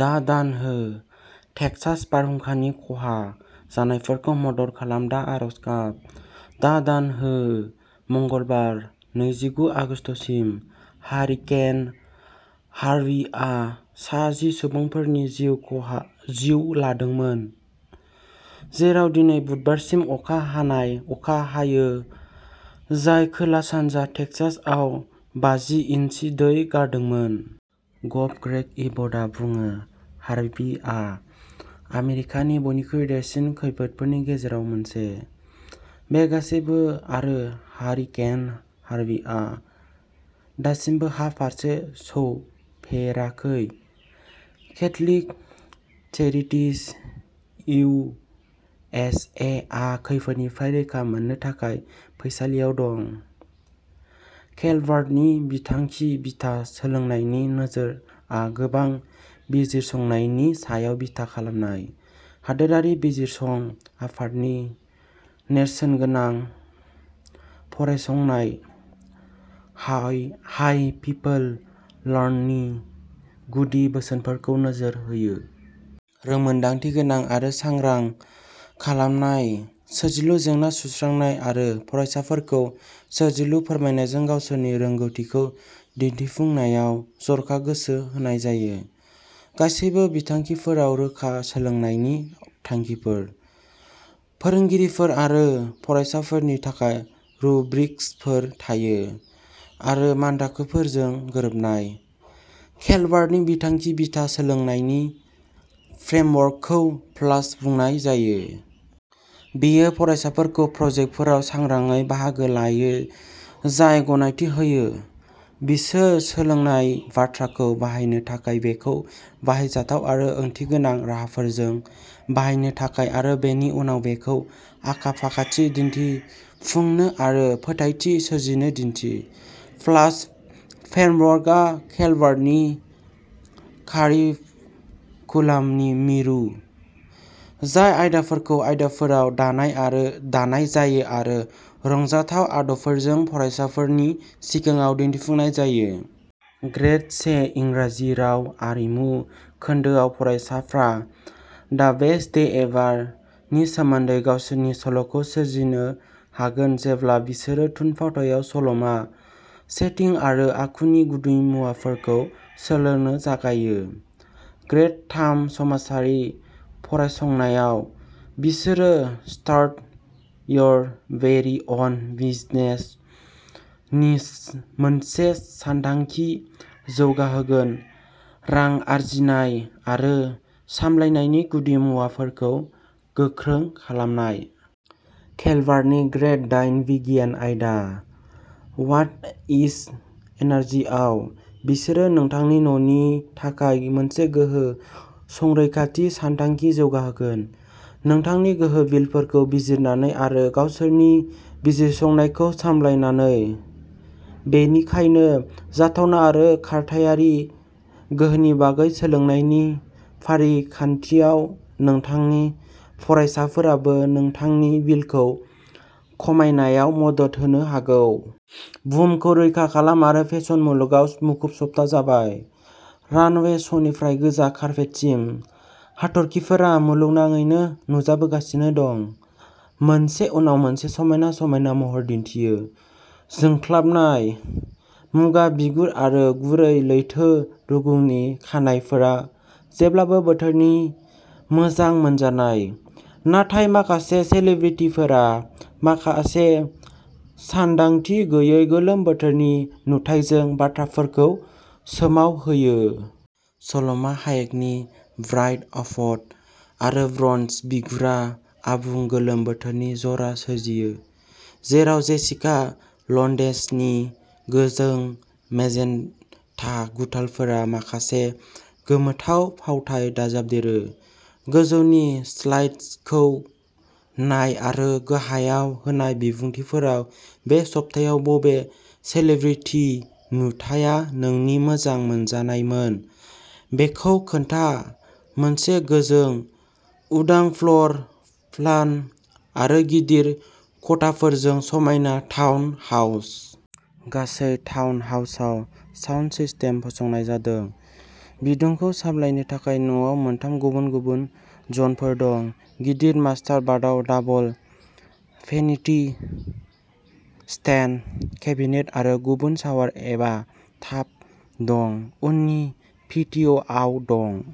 दा दान हो, टेक्सास बारहुंखानि खहा जानायफोरखौ मदद खालाम दा आरज गाब, दा दान हो मंगलबार, नैजिगु आगस्तसिम, हारिकेन हार्विआ सा जि सुबुंफोरनि जिउ ख'हा लादोंमोन, जेराव दिनै बुधबारसिम अखा हानाय अखा हायो, जाय खोला-सानजा टेक्सासआव बाजि इन्सि दै गारदोंमोन। गभ ग्रेग एबटआ बुङो हार्विआ "आमेरिकानि बयनिख्रुइ देरसिन खैफोदफोरनि गेजेराव मोनसे"। बे गासैबो आरो हारिकेन हार्विआ दासिमबो हा फारसे सौफेराखै। Catholic Charities U S A आ खैफोदनिफ्राय रैखा मोननो थाखाय फैसालियाव दं। केलभार्टनि बिथांखि बिथा सोलोंनायनि नोजोरआ गोबां बिजिरसंनायनि सायाव बिथा खालामनाय, हादोरारि बिजिरसं आफादनि नेरसोनगोनां फरायसंनाय, हाइ हाइ पिपल लार्ननि गुदि बोसोनफोरखौ नोजोर होयो। रोंमोनदांथिगोनां आरो सांग्रां "खालामनाय", सोरजिलु जेंना सुस्रांनाय आरो फरायसाफोरखौ सोरजिलु फोरमायनायजों गावसोरनि रोंग'थिखौ दिन्थिफुंनायाव जर'खा गोसो होनाय जायो। गासैबो बिथांखिफोराव रोखा सोलोंनायनि थांखिफोर, फोरोंगिरिफोर आरो फरायसाफोरनि थाखाय रुब्रिक्सफोर थायो आरो मानथाखोफोरजों गोरोबनाय। केलभार्टनि बिथांखि बिथा सोलोंनायनि फ्रेमवर्कखौ प्लास बुंनाय जायो। बेयो फरायसाफोरखौ प्रजेक्टफोराव सांग्राङै बाहागो लायो जाय गनायथि होयो। बिसोर सोलोंनाय बाथ्राखौ बाहायनो थाखाय बेखौ बाहायजाथाव आरो ओंथिगोनां राहाफोरजों बाहायनो थाखाय आरो बेनि उनाव बेखौ आखा-फाखाथि दिनथिफुंनो आरो फोथायथि सोरजिनो दिन्थि। प्लास फ्रेमवर्कआ केलभार्टनि कारिकुलामनि मिरु, जाय आयदाफोरखौ आयदाफोराव दानाय आरो दानाय जायो आरो रंजाथाव आदबफोरजों फरायसाफोरनि सिगाङाव दिन्थिफुंनाय जायो। ग्रेड से इंराजि राव आरिमु खोन्दोआव, फरायसाफ्रा "दा बेस्ट डे एभार" नि सोमोन्दै गावसोरनि सल'खौ सोरजिनो हागोन जेब्ला बिसोरो थुनफावथाइयाव सल'मा, सेटिं आरो आखुनि गुदिमुवाफोरखौ सोलोंनो जागायो। ग्रेड थाम समाजारि फरायसंनायाव, बिसोरो "start your very own business" नि मोनसे सानथांखि जौगाहोगोन रां आर्जिनाय आरो सामलायनायनि गुदि मुवाफोरखौ गोख्रों खालामनाय। केलभार्टनि ग्रेड दाइन बिगियान आयदा, वाट इज एनार्जिआव, बिसोरो नोंथांनि न'नि थाखाय मोनसे गोहो संरैखाथि सानथांखि जौगाहोगोन, नोंथांनि गोहो बिलफोरखौ बिजिरनानै आरो गावसोरनि बिजिरसंनायखौ सामलायनानै। बेनिखायनो जाथावना आरो खारथायारि गोहोनि बागै सोलोंनायनि फारिखान्थियाव, नोंथांनि फरायसाफोराबो नोंथांनि बिलखौ खमायनायाव मदद होनो हागौ। बुहुमखौ रैखा खालाम आरो फेसन मुलुगाव मुखुब सप्ताह जाबाय। रानवे श'निफ्राय गोजा कार्पेटसिम, हाथरखिफोरा मुलुगनाङैनो नुजाबोगासिनो दं, मोनसे उनाव मोनसे समायना समायना महर दिन्थियो। जोंख्लाबनाय, मुगा बिगुर आरो गुरै लैथो रुगुंनि खानाइफोरा जेब्लाबो बोथोरनि मोजां मोनजानाय, नाथाय माखासे सेलिब्रिटिफोरा माखासे सानदांथि गैयै गोलोम बोथोरनि नुथाइजों बाथ्राफोरखौ सोमावहोयो। सल'मा हायेकनि ब्रेइड आपद आरो ब्रन्ज बिगुरा आबुं गोलोम बोथोरनि जरा सोरजियो, जेराव जेसिका लन्डेसनि गोजों मेजेन्टा गुथालफोरा माखासे गोमोथाव फावथाय दाजाबदेरो। गोजौनि स्लाइडसखौ नाय आरो गाहायाव होनाय बिबुंथिफोराव बे सप्तायाव बबे सेलिब्रिटि नुथाया नोंनि मोजां मोनजानायमोन बेखौ खोन्था मोनसे गोजों, उदां फ्ल'र प्लान आरो गिदिर खथाफोरजों समायना टाउन हाउस। गासै टाउन हाउसआव साउन्ड सिस्टेम फसंनाय जादों। बिदुंखौ सामलायनो थाखाय न'आव मोनथाम गुबुन-गुबुन जनफोर दं। गिदिर मास्टार बाथआव दाबल फेनिटी, स्टेनड केबिनेट आरो गुबुन शावर एबा टाब दं। उननि पेटिय'आव दं।